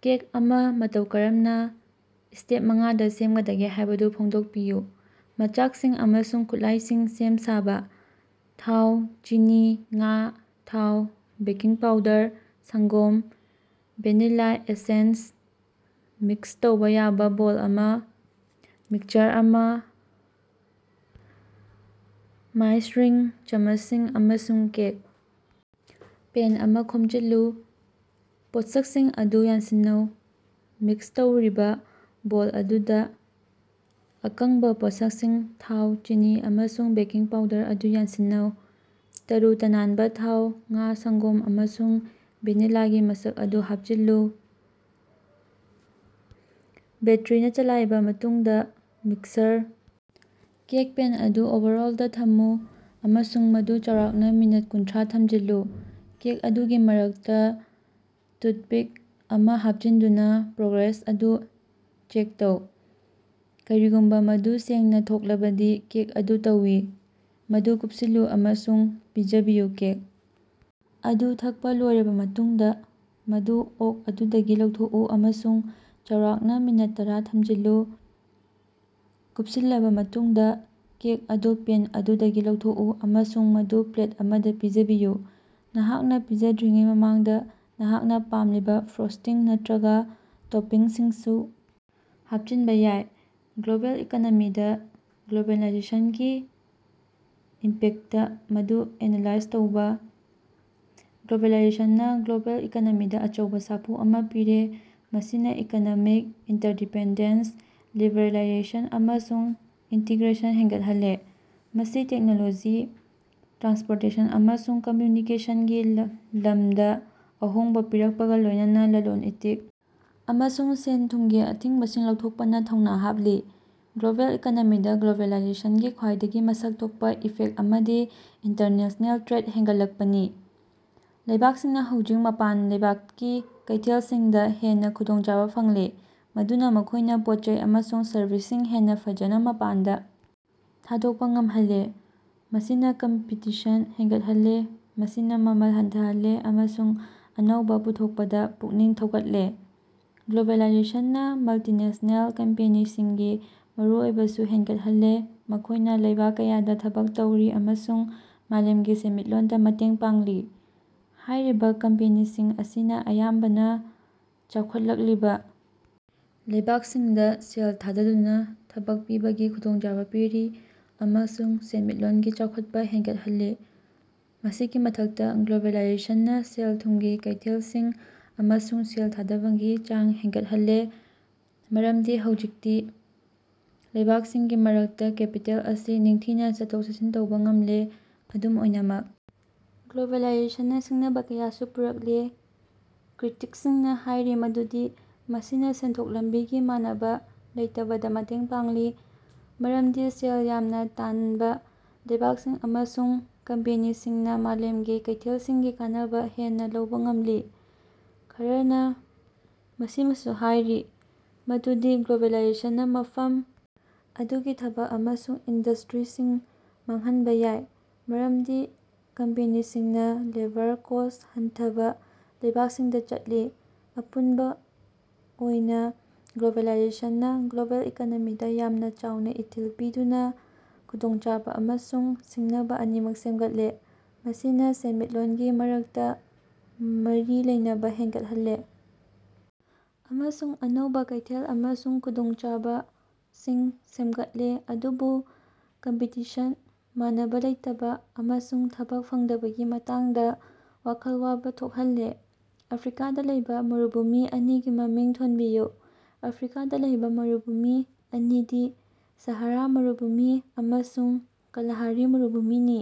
Cake ꯑꯃ ꯃꯇꯧ ꯀꯔꯝꯅ ꯁ꯭ꯇꯦꯞ ꯃꯉꯥꯗ ꯁꯦꯝꯒꯗꯒꯦ ꯍꯥꯏꯕꯗꯨ ꯐꯣꯡꯗꯣꯛꯄꯤꯌꯨ꯫ ꯃꯆꯥꯛꯁꯤꯡ ꯑꯃꯁꯨꯡ ꯈꯨꯠꯂꯥꯏꯁꯤꯡ ꯁꯦꯝ-ꯁꯥꯕ: ꯊꯥꯎ, ꯆꯤꯅꯤ, ꯉꯥ, ꯊꯥꯎ, ꯕꯦꯀꯤꯡ ꯄꯥꯎꯗꯔ, ꯁꯪꯒꯣꯝ, ꯚꯦꯅꯤꯂꯥ ꯑꯦꯁꯦꯟꯁ, ꯃꯤꯛꯁ ꯇꯧꯕ ꯌꯥꯕ ꯕꯣꯜ ꯑꯃ, ꯃꯤꯛꯆꯔ ꯑꯃꯥ, ꯃꯥꯏꯖꯔꯤꯡ ꯆꯃꯆꯁꯤꯡ ꯑꯃꯁꯨꯡ ꯀꯦꯛ ꯄꯦꯟ ꯑꯃꯥ ꯈꯣꯝꯖꯤꯜꯂꯨ꯫ ꯄꯣꯠꯁꯛꯁꯤꯡ ꯑꯗꯨ ꯌꯥꯟꯁꯤꯟꯅꯧ: ꯃꯤꯛꯁ ꯇꯧꯔꯤꯕꯥ ꯕꯣꯜ ꯑꯗꯨꯗꯥ, ꯑꯀꯪꯕꯥ ꯄꯣꯠꯁꯛꯁꯤꯡ ꯊꯥꯎ, ꯆꯤꯅꯤ, ꯑꯃꯁꯨꯡ ꯕꯦꯀꯤꯡ ꯄꯥꯎꯗꯔ ꯑꯗꯨ ꯌꯥꯟꯁꯤꯟꯅꯧ꯫ ꯇꯔꯨ-ꯇꯅꯥꯅꯕ ꯊꯥꯎ, ꯉꯥ, ꯁꯪꯒꯣꯝ, ꯑꯃꯁꯨꯡ ꯚꯦꯅꯤꯂꯥꯒꯤ ꯃꯁꯛ ꯑꯗꯨ ꯍꯥꯞꯆꯤꯜꯂꯨ꯫ ꯕꯦꯇꯔꯤꯅꯥ ꯆꯂꯥꯏꯕꯥ ꯃꯇꯨꯡꯗꯥ ꯃꯤꯛꯁꯔ ꯀꯦꯛ ꯄꯦꯟ ꯑꯗꯨ ꯑꯣꯚꯔꯑꯣꯂꯗꯥ ꯊꯝꯃꯨ ꯑꯃꯁꯨꯡ ꯃꯗꯨ ꯆꯥꯎꯔꯥꯛꯅꯥ ꯃꯤꯅꯠ ꯀꯨꯟꯊ꯭ꯔꯥ ꯊꯝꯖꯤꯜꯂꯨ꯫ ꯀꯦꯛ ꯑꯗꯨꯒꯤ ꯃꯔꯛꯇꯥ ꯇꯨꯊꯄꯤꯛ ꯑꯃꯥ ꯍꯥꯞꯆꯤꯟꯗꯨꯅꯥ ꯄ꯭ꯔꯣꯒ꯭ꯔꯦꯁ ꯑꯗꯨ ꯆꯦꯛ ꯇꯧ; ꯀꯔꯤꯒꯨꯝꯕꯥ ꯃꯗꯨ ꯁꯦꯡꯅꯥ ꯊꯣꯛꯂꯕꯗꯤ ꯀꯦꯛ ꯑꯗꯨ ꯇꯧꯏ꯫ ꯃꯗꯨ ꯀꯨꯞꯁꯤꯜꯂꯨ ꯑꯃꯁꯨꯡ ꯄꯤꯖꯕꯤꯌꯨ ꯀꯦꯛ ꯑꯗꯨ ꯊꯛꯄꯥ ꯂꯣꯏꯔꯕꯥ ꯃꯇꯨꯡꯗꯥ, ꯃꯗꯨ ꯑꯣꯛ ꯑꯗꯨꯗꯒꯤ ꯂꯧꯊꯣꯛꯎ ꯑꯃꯁꯨꯡ ꯆꯥꯎꯔꯥꯛꯅꯥ ꯃꯤꯅꯠ ꯇꯔꯥ ꯊꯝꯖꯤꯜꯂꯨ꯫ ꯀꯨꯞꯁꯤꯜꯂꯕꯥ ꯃꯇꯨꯡꯗꯥ, ꯀꯦꯛ ꯑꯗꯨ ꯄꯦꯟ ꯑꯗꯨꯗꯒꯤ ꯂꯧꯊꯣꯛꯎ ꯑꯃꯁꯨꯡ ꯃꯗꯨ ꯄ꯭ꯂꯦꯠ ꯑꯃꯗꯥ ꯄꯤꯖꯕꯤꯌꯨ꯫ ꯅꯍꯥꯛꯅꯥ ꯄꯤꯖꯗ꯭ꯔꯤꯉꯩ ꯃꯃꯥꯡꯗꯥ ꯅꯍꯥꯛꯅꯥ ꯄꯥꯝꯂꯤꯕꯥ ꯐ꯭ꯔꯣꯁꯇꯤꯡ ꯅꯠꯇꯔꯒꯥ ꯇꯣꯄꯤꯡꯁꯤꯡꯁꯨ ꯍꯥꯞꯆꯤꯅꯕꯥ ꯌꯥꯏ꯫ ꯒ꯭ꯂꯣꯕꯦꯜ ꯏꯀꯣꯅꯣꯃꯤꯗꯥ ꯒ꯭ꯂꯣꯕꯦꯂꯥꯏꯖꯦꯁꯅꯒꯤ ꯏꯝꯄꯦꯛꯇ ꯑꯗꯨ ꯑꯦꯅꯥꯂꯥꯏꯖ ꯇꯧꯕꯥ꯫ ꯒ꯭ꯂꯣꯕꯦꯂꯥꯏꯖꯦꯁꯟꯅꯥ ꯒ꯭ꯂꯣꯕꯦꯜ ꯏꯀꯣꯅꯣꯃꯤꯗꯥ ꯑꯆꯧꯕꯥ ꯁꯥꯐꯨ ꯑꯃꯥ ꯄꯤꯔꯦ, ꯃꯁꯤꯅꯥ ꯏꯀꯣꯅꯣꯃꯤꯛ ꯏꯟꯇꯔꯗꯤꯄꯦꯟꯗꯦꯟꯁ, ꯂꯤꯕꯔꯦꯂꯥꯏꯖꯦꯁꯟ ꯑꯃꯁꯨꯡ ꯏꯟꯇꯤꯒ꯭ꯔꯦꯁꯟ ꯍꯦꯟꯒꯠꯍꯜꯂꯦ꯫ ꯃꯁꯤ ꯇꯦꯛꯅꯣꯂꯣꯖꯤ, ꯇ꯭ꯔꯥꯟꯁꯄꯣꯔꯇꯦꯁꯟ ꯑꯃꯁꯨꯡ ꯀꯝꯌꯨꯅꯤꯀꯦꯁꯟꯒꯤ ꯂꯝꯗꯥ ꯑꯍꯣꯡꯕꯥ ꯄꯨꯔꯛꯄꯒꯥ ꯂꯣꯏꯅꯅ ꯂꯂꯣꯟ-ꯏꯇꯤꯛ ꯑꯃꯁꯨꯡ ꯁꯦꯟ-ꯊꯨꯝꯒꯤ ꯑꯊꯤꯡꯕꯁꯤꯡ ꯂꯧꯊꯣꯛꯄꯅꯥ ꯊꯧꯅꯥ ꯍꯥꯞꯂꯤ꯫ ꯒ꯭ꯂꯣꯕꯦꯜ ꯏꯀꯣꯅꯣꯃꯤꯗꯥ ꯒ꯭ꯂꯣꯕꯦꯂꯥꯏꯖꯦꯁꯅꯒꯤ ꯈ꯭ꯋꯥꯏꯗꯒꯤ ꯃꯁꯛ ꯊꯣꯛꯄꯥ ꯏꯐꯦꯛꯇ ꯑꯃꯗꯤ ꯏꯟꯇꯔꯅꯦꯁꯅꯦꯜ ꯇ꯭ꯔꯦꯗ ꯍꯦꯟꯒꯠꯂꯛꯄꯅꯤ꯫ ꯂꯩꯕꯥꯛꯁꯤꯡꯅꯥ ꯍꯧꯖꯤꯛ ꯃꯄꯥꯟ ꯂꯩꯕꯥꯛꯀꯤ ꯀꯩꯊꯦꯜꯁꯤꯡꯗꯥ ꯍꯦꯟꯅꯥ ꯈꯨꯗꯣꯡꯆꯥꯕꯥ ꯐꯪꯂꯦ, ꯃꯗꯨꯅꯥ ꯃꯈꯣꯏꯅꯥ ꯄꯣꯠ-ꯆꯩ ꯑꯃꯁꯨꯡ ꯁꯔꯕꯤꯁꯁꯤꯡ ꯍꯦꯟꯅꯥ ꯐꯖꯅꯥ ꯃꯄꯥꯟꯗꯥ ꯊꯥꯗꯣꯛꯄꯥ ꯉꯝꯍꯜꯂꯦ꯫ ꯃꯁꯤꯅꯥ ꯀꯝꯄꯤꯇꯤꯁꯟ ꯍꯦꯟꯒꯠꯍꯜꯂꯦ, ꯃꯁꯤꯅꯥ ꯃꯃꯜ ꯍꯟꯊꯍꯜꯂꯦ ꯑꯃꯁꯨꯡ ꯑꯅꯧꯕꯥ ꯄꯨꯊꯣꯛꯄꯗꯥ ꯄꯨꯛꯅꯤꯡ ꯊꯧꯒꯠꯂꯦ꯫ ꯒ꯭ꯂꯣꯕꯦꯂꯥꯏꯖꯦꯁꯟꯅꯥ ꯃꯜꯇꯤꯅꯦꯁ꯭ꯅꯦꯜ ꯀꯝꯄꯦꯅꯤꯁꯤꯡꯒꯤ ꯃꯔꯨꯑꯣꯏꯕꯁꯨ ꯍꯦꯟꯒꯠꯍꯜꯂꯦ, ꯃꯈꯣꯏꯅꯥ ꯂꯩꯕꯥꯛ ꯀꯌꯥꯗꯥ ꯊꯕꯛ ꯇꯧꯔꯤ ꯑꯃꯁꯨꯡ ꯃꯥꯂꯦꯝꯒꯤ ꯁꯦꯟꯃꯤꯠꯂꯣꯟꯗꯥ ꯃꯇꯦꯡ ꯄꯥꯡꯂꯤ꯫ ꯍꯥꯏꯔꯤꯕꯥ ꯀꯝꯄꯦꯅꯤꯁꯤꯡ ꯑꯁꯤꯅꯥ ꯑꯌꯥꯝꯕꯅꯥ ꯆꯥꯎꯈꯠꯂꯛꯂꯤꯕꯥ ꯂꯩꯕꯥꯛꯁꯤꯡꯗꯥ ꯁꯦꯜ ꯊꯥꯗꯗꯨꯅꯥ ꯊꯕꯛ ꯄꯤꯕꯒꯤ ꯈꯨꯗꯣꯡꯆꯥꯕꯥ ꯄꯤꯔꯤ ꯑꯃꯁꯨꯡ ꯁꯦꯟꯃꯤꯠꯂꯣꯟꯒꯤ ꯆꯥꯎꯈꯠꯄꯥ ꯍꯦꯟꯒꯠꯍꯜꯂꯤ꯫ ꯃꯁꯤꯒꯤ ꯃꯊꯛꯇꯥ, ꯒ꯭ꯂꯣꯕꯦꯂꯥꯏꯖꯦꯁꯟꯅꯥ ꯁꯦꯜ-ꯊꯨꯝꯒꯤ ꯀꯩꯊꯦꯜꯁꯤꯡ ꯑꯃꯁꯨꯡ ꯁꯦꯜ ꯊꯥꯗꯕꯒꯤ ꯆꯥꯡ ꯍꯦꯟꯒꯠꯍꯜꯂꯦ, ꯃꯔꯝꯗꯤ ꯍꯧꯖꯤꯛꯇꯤ ꯂꯩꯕꯥꯛꯁꯤꯡꯒꯤ ꯃꯔꯛꯇꯥ ꯀꯦꯄꯤꯇꯦꯜ ꯑꯁꯤ ꯅꯤꯡꯊꯤꯅꯥ ꯆꯠꯊꯣꯛ-ꯆꯠꯁꯤꯟ ꯇꯧꯕꯥ ꯉꯝꯂꯦ꯫ ꯑꯗꯨꯝ ꯑꯣꯏꯅꯃꯛ ꯒ꯭ꯂꯣꯕꯦꯂꯥꯏꯖꯦꯁꯟꯅꯥ ꯁꯤꯡꯅꯕꯥ ꯀꯌꯥꯁꯨ ꯄꯨꯔꯛꯂꯦ꯫ ꯀ꯭ꯔꯤꯇꯤꯛꯁꯁꯤꯡꯅꯥ ꯍꯥꯏꯔꯤ ꯃꯗꯨꯗꯤ ꯃꯁꯤꯅꯥ ꯁꯦꯟꯊꯣꯛ ꯂꯝꯕꯤꯒꯤ ꯃꯥꯟꯅꯕꯥ ꯂꯩꯇꯕꯗꯥ ꯃꯇꯦꯡ ꯄꯥꯡꯂꯤ, ꯃꯔꯝꯗꯤ ꯁꯦꯜ ꯌꯥꯝꯅꯥ ꯇꯥꯅꯕꯥ ꯂꯩꯕꯥꯛꯁꯤꯡ ꯑꯃꯁꯨꯡ ꯀꯝꯄꯦꯅꯤꯁꯤꯡꯅꯥ ꯃꯥꯂꯦꯝꯒꯤ ꯀꯩꯊꯦꯜꯁꯤꯡꯒꯤ ꯀꯥꯟꯅꯕꯥ ꯍꯦꯟꯅꯥ ꯂꯧꯕꯥ ꯉꯝꯂꯤ꯫ ꯈꯔꯅꯥ ꯃꯁꯤꯃꯁꯨ ꯍꯥꯏꯔꯤ ꯃꯗꯨꯗꯤ ꯒ꯭ꯂꯣꯕꯦꯂꯥꯏꯖꯦꯁꯟꯅꯥ ꯃꯐꯝ ꯑꯗꯨꯒꯤ ꯊꯕꯛ ꯑꯃꯁꯨꯡ ꯏꯟꯗꯁ꯭ꯇꯔꯤꯁꯤꯡ ꯃꯥꯡꯍꯟꯕꯥ ꯌꯥꯏ, ꯃꯔꯝꯗꯤ ꯀꯝꯄꯦꯅꯤꯁꯤꯡꯅꯥ ꯂꯦꯕꯔ ꯀꯣꯁꯠ ꯍꯟꯊꯕꯥ ꯂꯩꯕꯥꯛꯁꯤꯡꯗꯥ ꯆꯠꯂꯤ꯫ ꯑꯄꯨꯅꯕꯥ ꯑꯣꯏꯅꯥ ꯒ꯭ꯂꯣꯕꯦꯂꯥꯏꯖꯦꯁꯟꯅꯥ ꯒ꯭ꯂꯣꯕꯦꯜ ꯏꯀꯣꯅꯣꯃꯤꯗꯥ ꯌꯥꯝꯅꯥ ꯆꯥꯎꯅꯥ ꯏꯊꯤꯜ ꯄꯤꯗꯨꯅꯥ ꯈꯨꯗꯣꯡꯆꯥꯕꯥ ꯑꯃꯁꯨꯡ ꯁꯤꯡꯅꯕꯥ ꯑꯅꯤꯃꯛ ꯁꯦꯝꯒꯠꯂꯦ꯫ ꯃꯁꯤꯅꯥ ꯁꯦꯟꯃꯤꯠꯂꯣꯟꯒꯤ ꯃꯔꯛꯇꯥ ꯃꯔꯤ ꯂꯩꯅꯕꯥ ꯍꯦꯟꯒꯠꯍꯜꯂꯦ ꯑꯃꯁꯨꯡ ꯑꯅꯧꯕꯥ ꯀꯩꯊꯦꯜ ꯑꯃꯁꯨꯡ ꯈꯨꯗꯣꯡꯆꯥꯕꯁꯤꯡ ꯁꯦꯝꯒꯠꯂꯦ, ꯑꯗꯨꯕꯨ ꯀꯝꯄꯤꯇꯤꯁꯟ, ꯃꯥꯟꯅꯕꯥ ꯂꯩꯇꯕꯥ, ꯑꯃꯁꯨꯡ ꯊꯕꯛ ꯐꯪꯗꯕꯒꯤ ꯃꯇꯥꯡꯗꯥ ꯋꯥꯈꯜ ꯋꯥꯕꯥ ꯊꯣꯛꯍꯜꯂꯦ꯫ ꯑꯐ꯭ꯔꯤꯀꯥꯗꯥ ꯂꯩꯕꯥ ꯃꯔꯨꯚꯨꯃꯤ ꯑꯅꯤꯒꯤ ꯃꯃꯤꯡ ꯊꯣꯟꯕꯤꯌꯨ꯫ ꯑꯐ꯭ꯔꯤꯀꯥꯗꯥ ꯂꯩꯕꯥ ꯃꯔꯨꯚꯨꯃꯤ ꯑꯅꯤꯗꯤ ꯁꯥꯍꯥꯔꯥ ꯃꯔꯨꯚꯨꯃꯤ ꯑꯃꯁꯨꯡ ꯀꯥꯂꯥꯍꯥꯔꯤ ꯃꯔꯨꯚꯨꯃꯤꯅꯤ꯫